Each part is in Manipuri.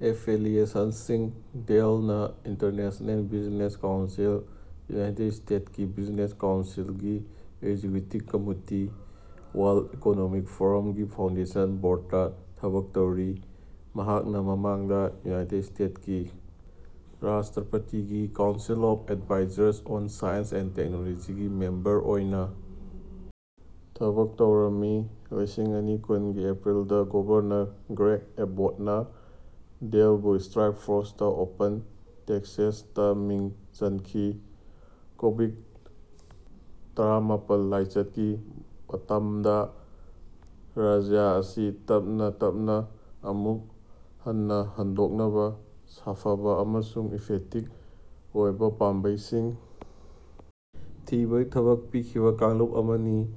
ꯑꯦꯐꯤꯂꯤꯌꯦꯁꯟꯁꯤꯡ ꯗꯦꯜꯅꯥ international business council United state ꯀꯤ ꯕꯤꯖꯤꯅꯦꯁ ꯀꯥꯎꯟꯁꯤꯜꯒꯤ ꯑꯦꯛꯖꯤꯀ꯭ꯌꯨꯇꯤꯕ ꯀꯝꯃꯤꯇꯤ ꯋꯥꯔꯜꯗ ꯏꯀꯣꯅꯣꯃꯤꯛ ꯐꯣꯔꯝꯒꯤ ꯐꯥꯎꯟꯗꯦꯁꯟ ꯕꯣꯔꯗꯇꯥ ꯊꯕꯛ ꯇꯧꯔꯤ꯫ ꯃꯍꯥꯛꯅꯥ ꯃꯃꯥꯡꯗꯥ ꯌꯨꯅꯥꯏꯇꯦꯠ ꯁ꯭ꯇꯦꯠꯀꯤ ꯔꯥꯁꯇ꯭ꯔꯄꯇꯤꯒꯤ council of advisors on science and ꯇꯦꯛꯅꯣꯂꯣꯖꯤꯒꯤ ꯃꯦꯝꯕꯔ ꯑꯣꯏꯅꯥ ꯊꯕꯛ ꯇꯧꯔꯝꯃꯤ꯫ ꯂꯤꯁꯤꯡ ꯑꯅꯤ ꯀꯨꯟꯒꯤ ꯑꯦꯄ꯭ꯔꯤꯜꯗꯥ ꯒꯚꯔꯅꯔ ꯒ꯭ꯔꯦꯒ ꯑꯦꯕꯣꯠꯅꯥ ꯗꯦꯜꯕꯨ ꯁ꯭ꯇꯔꯥꯏꯛ ꯐꯣꯔꯁ ꯇꯨ ꯑꯣꯄꯦꯟ ꯇꯦꯛꯁꯥꯁꯇꯥ ꯃꯤꯡ ꯆꯟꯈꯤ ꯀꯣꯕꯤꯗ ꯇꯔꯥꯃꯥꯄꯟ ꯂꯥꯏꯆꯠꯀꯤ ꯃꯇꯝꯗꯥ ꯔꯥꯖ꯭ꯌ ꯑꯁꯤ ꯇꯞꯅꯥ ꯇꯞꯅꯥ ꯑꯃꯨꯛ ꯍꯟꯅꯥ ꯍꯥꯡꯗꯣꯛꯅꯕꯥ ꯁꯥꯐꯕꯥ ꯑꯃꯁꯨꯡ ꯏꯐꯦꯛꯇꯤꯚ ꯑꯣꯏꯕꯥ ꯄꯥꯝꯕꯩꯁꯤꯡ ꯊꯤꯕꯒꯤ ꯊꯕꯛ ꯄꯤꯈꯤꯕꯥ ꯀꯥꯡꯂꯨꯞ ꯑꯃꯅꯤ꯫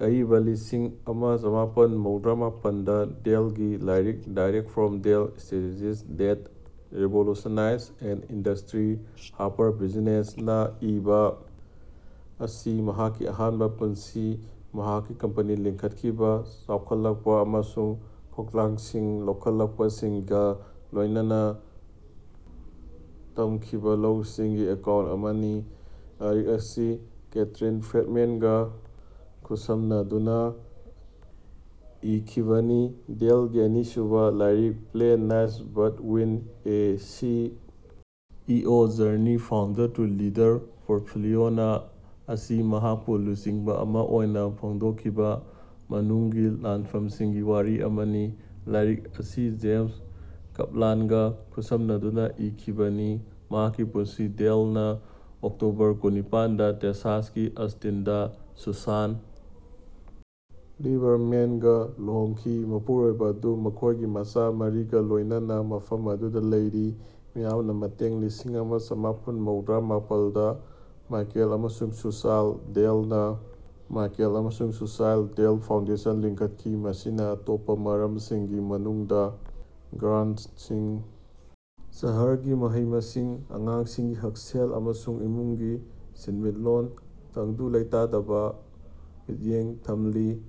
ꯑꯏꯕ ꯂꯤꯁꯤꯡ ꯑꯃ ꯆꯃꯥꯄꯟ ꯃꯧꯗ꯭ꯔꯥ ꯃꯥꯄꯟꯗꯥ ꯗꯦꯜꯒꯤ ꯂꯥꯏꯔꯤꯛ direct from Dell strategies that revolutionised an industry ꯍꯥꯔꯄꯔꯕꯤꯖꯤꯅꯦꯁꯅꯥ ꯏꯕꯥ ꯑꯁꯤ ꯃꯍꯥꯛꯀꯤ ꯑꯍꯥꯟꯕꯥ ꯄꯨꯟꯁꯤ ꯃꯍꯥꯛꯀꯤ ꯀꯝꯄꯦꯅꯤ ꯂꯤꯡꯈꯠꯈꯤꯕꯥ ꯆꯥꯎꯈꯠꯂꯛꯄꯥ ꯑꯃꯁꯨꯡ ꯈꯣꯡꯊꯥꯡꯁꯤꯡ ꯂꯧꯈꯠꯈꯤꯕꯁꯤꯡꯒꯥ ꯂꯣꯏꯅꯅꯥ ꯇꯝꯈꯤꯕꯥ ꯂꯧꯁꯤꯡꯒꯤ ꯑꯦꯀꯥꯎꯟꯠ ꯑꯃꯅꯤ꯫ ꯂꯥꯏꯔꯤꯛ ꯑꯁꯤ ꯀꯦꯊꯔꯤꯟ ꯐ꯭ꯔꯦꯗꯃꯦꯟꯒꯥ ꯈꯨꯠꯁꯝꯅꯗꯨꯅꯥ ꯏꯈꯤꯕꯅꯤ꯫ ꯗꯦꯜꯒꯤ ꯑꯅꯤꯁꯨꯕꯥ ꯂꯥꯏꯔꯤꯛ play nice but win a C. E. O journey from founder to leader ꯄꯣꯔꯠꯐꯣꯂꯤꯑꯣꯅꯥ ꯑꯁꯤ ꯃꯍꯥꯛꯄꯨ ꯂꯨꯆꯤꯡꯕ ꯑꯃꯥ ꯑꯣꯏꯅꯥ ꯐꯣꯡꯗꯣꯛꯈꯤꯕꯥ ꯃꯅꯨꯡꯒꯤ ꯂꯥꯟꯐꯝꯁꯤꯡꯒꯤ ꯋꯥꯔꯤ ꯑꯃꯅꯤ꯫ ꯂꯥꯏꯔꯤꯛ ꯑꯁꯤ ꯖꯦꯝꯁ ꯀꯞꯂꯥꯟꯒꯥ ꯈꯨꯠꯁꯝꯅꯗꯨꯅꯥ ꯏꯈꯤꯕꯅꯤ꯫ ꯃꯍꯥꯛꯀꯤ ꯄꯨꯟꯁꯤ ꯗꯦꯜꯅꯥ ꯑꯣꯛꯇꯣꯕꯔ ꯀꯨꯟꯅꯤꯄꯥꯟ ꯗꯥ ꯇꯦꯛꯁꯥꯁꯀꯤ ꯑꯁꯇꯤꯟꯗꯥ ꯁꯨꯁꯥꯟ ꯂꯤꯕꯔꯃꯦꯟꯒꯥ ꯂꯨꯍꯣꯡꯈꯤ ꯃꯄꯨꯔꯣꯏꯕꯥ ꯑꯗꯨ ꯃꯈꯣꯏꯒꯤ ꯃꯆꯥ ꯃꯔꯤꯒꯥ ꯂꯣꯏꯅꯅꯥ ꯃꯐꯝ ꯑꯗꯨꯗꯥ ꯂꯩꯔꯤ꯫ ꯃꯤꯌꯥꯝꯗ ꯃꯇꯦꯡ ꯂꯤꯁꯤꯡ ꯑꯃ ꯆꯃꯥꯄꯟ ꯃꯧꯗ꯭ꯔꯥ ꯃꯥꯄꯟꯗꯥ ꯃꯥꯏꯀꯦꯜ ꯑꯃꯁꯨꯡ ꯁꯨꯁꯥꯟ ꯗꯦꯜꯅꯥ ꯃꯥꯏꯀꯦꯜ ꯑꯃꯁꯨꯡ ꯁꯨꯁꯥꯟ ꯗꯦꯜ ꯐꯥꯎꯟꯗꯦꯁꯟ ꯂꯤꯡꯈꯠꯈꯤ ꯃꯁꯤꯅꯥ ꯑꯇꯣꯞꯄꯥ ꯃꯔꯝꯁꯤꯡꯒꯤ ꯃꯅꯨꯡꯗꯥ ꯒ꯭ꯔꯥꯟꯠꯁꯤꯡ ꯁꯍꯔꯒꯤ ꯃꯍꯩ ꯃꯁꯤꯡ ꯑꯉꯥꯡꯁꯤꯡꯒꯤ ꯍꯛꯁꯦꯜ ꯑꯃꯁꯨꯡ ꯏꯃꯨꯡꯒꯤ ꯁꯦꯟꯃꯤꯠꯂꯣꯟꯒꯤ ꯇꯪꯗꯨ ꯂꯩꯇꯥꯕꯗꯥ ꯃꯤꯠꯌꯦꯡ ꯊꯝꯂꯤ꯫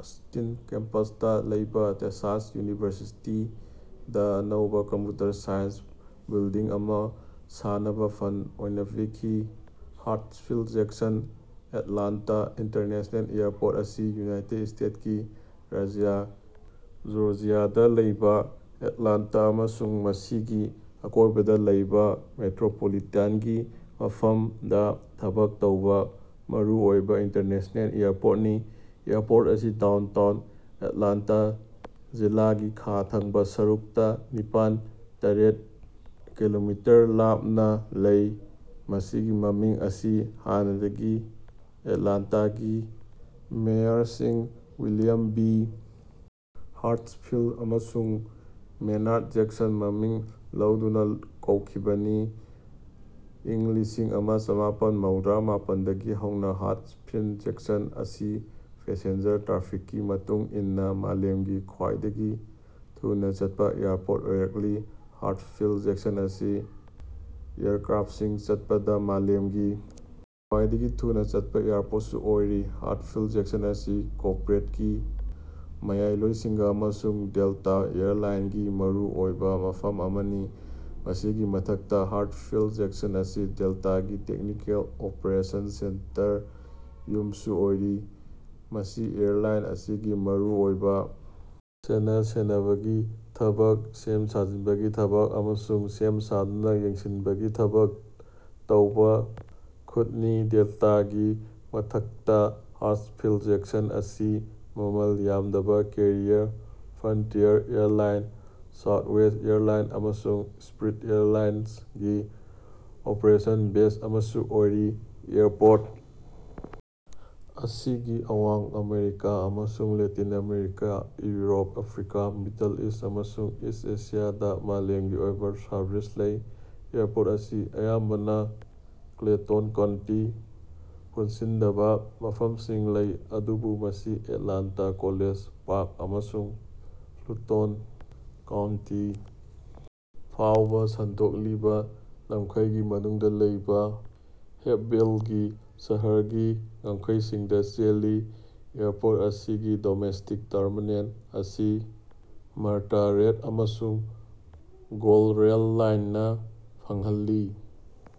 ꯑꯣꯁꯇꯤꯟ ꯀꯦꯝꯄꯁꯇꯥ ꯂꯩꯕꯥ ꯇꯦꯛꯁꯥꯁ ꯌꯨꯅꯤꯚꯔꯁꯤꯇꯤꯗꯥ ꯑꯅꯧꯕꯥ ꯀꯝꯄ꯭ꯌꯨꯇꯔ ꯁꯥꯏꯟꯁ ꯕꯤꯜꯗꯤꯡ ꯑꯃꯥ ꯁꯥꯅꯕꯥ ꯐꯟꯗ ꯑꯣꯏꯅꯥ ꯄꯤꯈꯤ꯫ Hartsfield Jackson Atlanta international airport ꯑꯁꯤ ꯌꯨꯅꯥꯏꯇꯦꯠ ꯁ꯭ꯇꯦꯠꯀꯤ ꯔꯥꯖ꯭ꯌ ꯖꯣꯔꯖ꯭ꯌꯥꯗ ꯂꯩꯕ ꯑꯦꯠꯂꯥꯟꯇ ꯑꯃꯁꯨꯡ ꯃꯁꯤꯒꯤ ꯑꯀꯣꯏꯕꯗ ꯂꯩꯕ ꯃꯦꯇ꯭ꯔꯣꯄꯣꯂꯤꯇꯥꯟꯒꯤ ꯃꯐꯝꯗ ꯊꯕꯛ ꯇꯧꯕ ꯃꯔꯨꯑꯣꯏꯕ ꯏꯟꯇꯔꯅꯦꯁꯅꯦꯜ ꯑꯦꯌꯔꯄꯣꯔ꯭ꯠꯅꯤ꯫ ꯑꯦꯌꯔꯄꯣꯔꯠ ꯑꯁꯤ ꯗꯥꯎꯟꯇꯥꯎꯟ ꯑꯦꯠꯂꯥꯟꯇꯥ ꯖꯤꯂꯥꯒꯤ ꯈꯥ ꯊꯪꯕ ꯁꯔꯨꯛꯇ ꯅꯤꯄꯥꯟ ꯇꯔꯦꯠ ꯀꯤꯂꯣꯃꯤ ꯂꯥꯞꯅ ꯂꯩ꯫ ꯃꯁꯤꯒꯤ ꯃꯃꯤꯡ ꯑꯁꯤ ꯍꯥꯟꯅꯒꯤ ꯑꯦꯠꯂꯥꯟꯇꯥꯒꯤ ꯃꯦꯌꯔꯁꯤꯡ ꯋꯤꯂꯤꯌꯝ ꯕꯤ. ꯍꯥꯔ꯭ꯠꯁꯐꯤꯜꯗ ꯑꯃꯁꯨꯡ ꯃꯦꯅꯥꯔ꯭ꯗ ꯖꯦꯛꯁꯟ ꯃꯃꯤꯡ ꯂꯧꯗꯨꯅ ꯀꯧꯈꯤꯕꯅꯤ꯫ ꯏꯪ ꯂꯤꯁꯤꯡ ꯑꯃ ꯆꯃꯥꯄꯟ ꯃꯧꯗ꯭ꯔꯥ ꯃꯥꯄꯟꯗꯒꯤ ꯍꯧꯅ ꯍꯥꯔꯠꯁꯐꯤꯜꯗ ꯖꯦꯛꯁꯟ ꯑꯁꯤ ꯄꯦꯁꯦꯟꯖꯔ ꯇ꯭ꯔꯥꯐꯤꯛꯀꯤ ꯃꯇꯨꯡ ꯏꯟꯅ ꯃꯥꯂꯦꯝꯒꯤ ꯈ꯭ꯋꯥꯏꯗꯒꯤ ꯊꯨꯅ ꯆꯠꯄ ꯑꯦꯌꯔꯄꯣꯔ꯭ꯠ ꯑꯣꯏꯔꯛꯂꯤ꯫ ꯍꯥꯔꯠꯁꯐꯤꯜꯗ ꯖꯦꯛꯁꯟ ꯑꯁꯤ ꯑꯦꯌꯔꯀ꯭ꯔꯥꯐꯁꯤꯡ ꯆꯠꯄꯗ ꯃꯥꯂꯦꯝꯒꯤ ꯈ꯭ꯋꯥꯏꯗꯒꯤ ꯊꯨꯅ ꯆꯠꯄ ꯑꯦꯌꯔꯄꯣꯔ꯭ꯠꯁꯨ ꯑꯣꯏꯔꯤ꯫ ꯍꯥꯔꯠꯁꯐꯤꯜ ꯖꯦꯛꯁꯟ ꯑꯁꯤ ꯀꯣꯔꯄꯣꯔꯦꯠꯀꯤ ꯃꯌꯥꯏꯂꯣꯏꯁꯪꯅꯤ ꯑꯃꯁꯨꯡ ꯗꯦꯜꯇꯥ ꯑꯦꯌꯔ ꯂꯥꯏꯟꯁ ꯃꯔꯨꯑꯣꯏꯕ ꯃꯐꯝ ꯑꯃꯅꯤ꯫ ꯃꯁꯤꯒꯤ ꯃꯊꯛꯇ ꯍꯥꯔꯠꯁꯐꯤꯜꯗ ꯖꯦꯛꯁꯟ ꯑꯁꯤ ꯗꯦꯜꯇꯥꯒꯤ ꯇꯦꯛꯅꯤꯀꯦꯜ ꯑꯣꯄꯔꯦꯁꯟ ꯁꯦꯟꯇꯔ ꯌꯨꯝꯁꯨ ꯑꯣꯏꯔꯤ ꯃꯁꯤ ꯑꯦꯔꯂꯥꯏꯟ ꯑꯁꯤꯒꯤ ꯃꯔꯨ ꯑꯣꯏꯕ ꯁꯦꯟꯅ ꯁꯦꯟꯅꯕꯒꯤ ꯊꯕꯛ ꯁꯦꯝ ꯁꯥꯖꯤꯟꯕꯒꯤ ꯊꯕꯛ ꯑꯃꯁꯨꯡ ꯁꯦꯝ ꯁꯥꯗꯨꯅ ꯌꯦꯡꯁꯤꯟꯕꯒꯤ ꯊꯕꯛ ꯇꯧꯕ ꯈꯨꯠꯅꯤ꯫ ꯗꯦꯜꯇꯥꯒꯤ ꯃꯊꯛꯇ ꯍꯥꯔꯠꯁꯐꯤꯜꯗ ꯖꯦꯛꯁꯟ ꯑꯁꯤ ꯃꯃꯜ ꯌꯥꯝꯗꯕ carrier Frontier Airlines Southwest Airlines ꯑꯃꯁꯨꯡ ꯁ꯭ꯄꯤꯔꯠ ꯑꯦꯔꯂꯥꯏꯟꯒꯤ ꯑꯣꯄꯔꯦꯁꯟ ꯕꯦꯖ ꯑꯃꯁꯨ ꯑꯣꯏꯔꯤ꯫ ꯑꯦꯌꯔꯄꯣꯔ꯭ꯠ ꯑꯁꯤꯒꯤ ꯑꯋꯥꯡ ꯑꯃꯦꯔꯤꯀꯥ ꯑꯃꯁꯨꯡ Latin America Europe Africa Middle East ꯑꯃꯁꯨꯡ ꯏꯁꯠ ꯑꯦꯁꯤꯌꯥꯗ ꯃꯥꯂꯦꯝꯒꯤ ꯑꯣꯏꯕ ꯁꯔꯕꯤꯁ ꯂꯩ꯫ ꯑꯦꯌꯔꯄꯣꯔ꯭ꯠ ꯑꯁꯤ ꯑꯌꯥꯝꯕꯅ ꯀ꯭ꯂꯦꯇꯟ ꯀꯥꯎꯟꯇꯤ ꯄꯨꯟꯁꯤꯟꯗꯕ ꯃꯐꯝꯁꯤꯡ ꯂꯩ ꯑꯗꯨꯕꯨ ꯃꯁꯤ ꯑꯦꯠꯂꯥꯟꯇꯥ ꯀꯣꯂꯦꯖ ꯄꯥꯔꯛ ꯑꯃꯁꯨꯡ ꯐꯜꯇꯟ ꯀꯥꯎꯟꯇꯤ ꯐꯥꯎꯕ ꯁꯟꯗꯣꯛꯂꯤꯕ ꯂꯝꯈꯩꯒꯤ ꯃꯅꯨꯡꯗ ꯂꯩꯕ ꯍꯦꯞꯚꯤꯜꯒꯤ ꯁꯍꯔꯒꯤ ꯉꯝꯈꯩꯁꯤꯡꯗ ꯆꯦꯜꯂꯤ꯫ ꯑꯦꯌꯔꯄꯣꯔ꯭ꯠ ꯑꯁꯤꯒꯤ ꯗꯣꯃꯦꯁꯇꯤꯛ ꯇꯔꯃꯤꯅꯦꯜ ꯑꯁꯤ ꯃꯥꯔꯇꯥ ꯔꯦꯗ ꯑꯃꯁꯨꯡ ꯒꯣꯜꯗ ꯔꯦꯜ ꯂꯥꯏꯟꯁꯤꯡꯅ ꯐꯪꯍꯜꯂꯤ꯫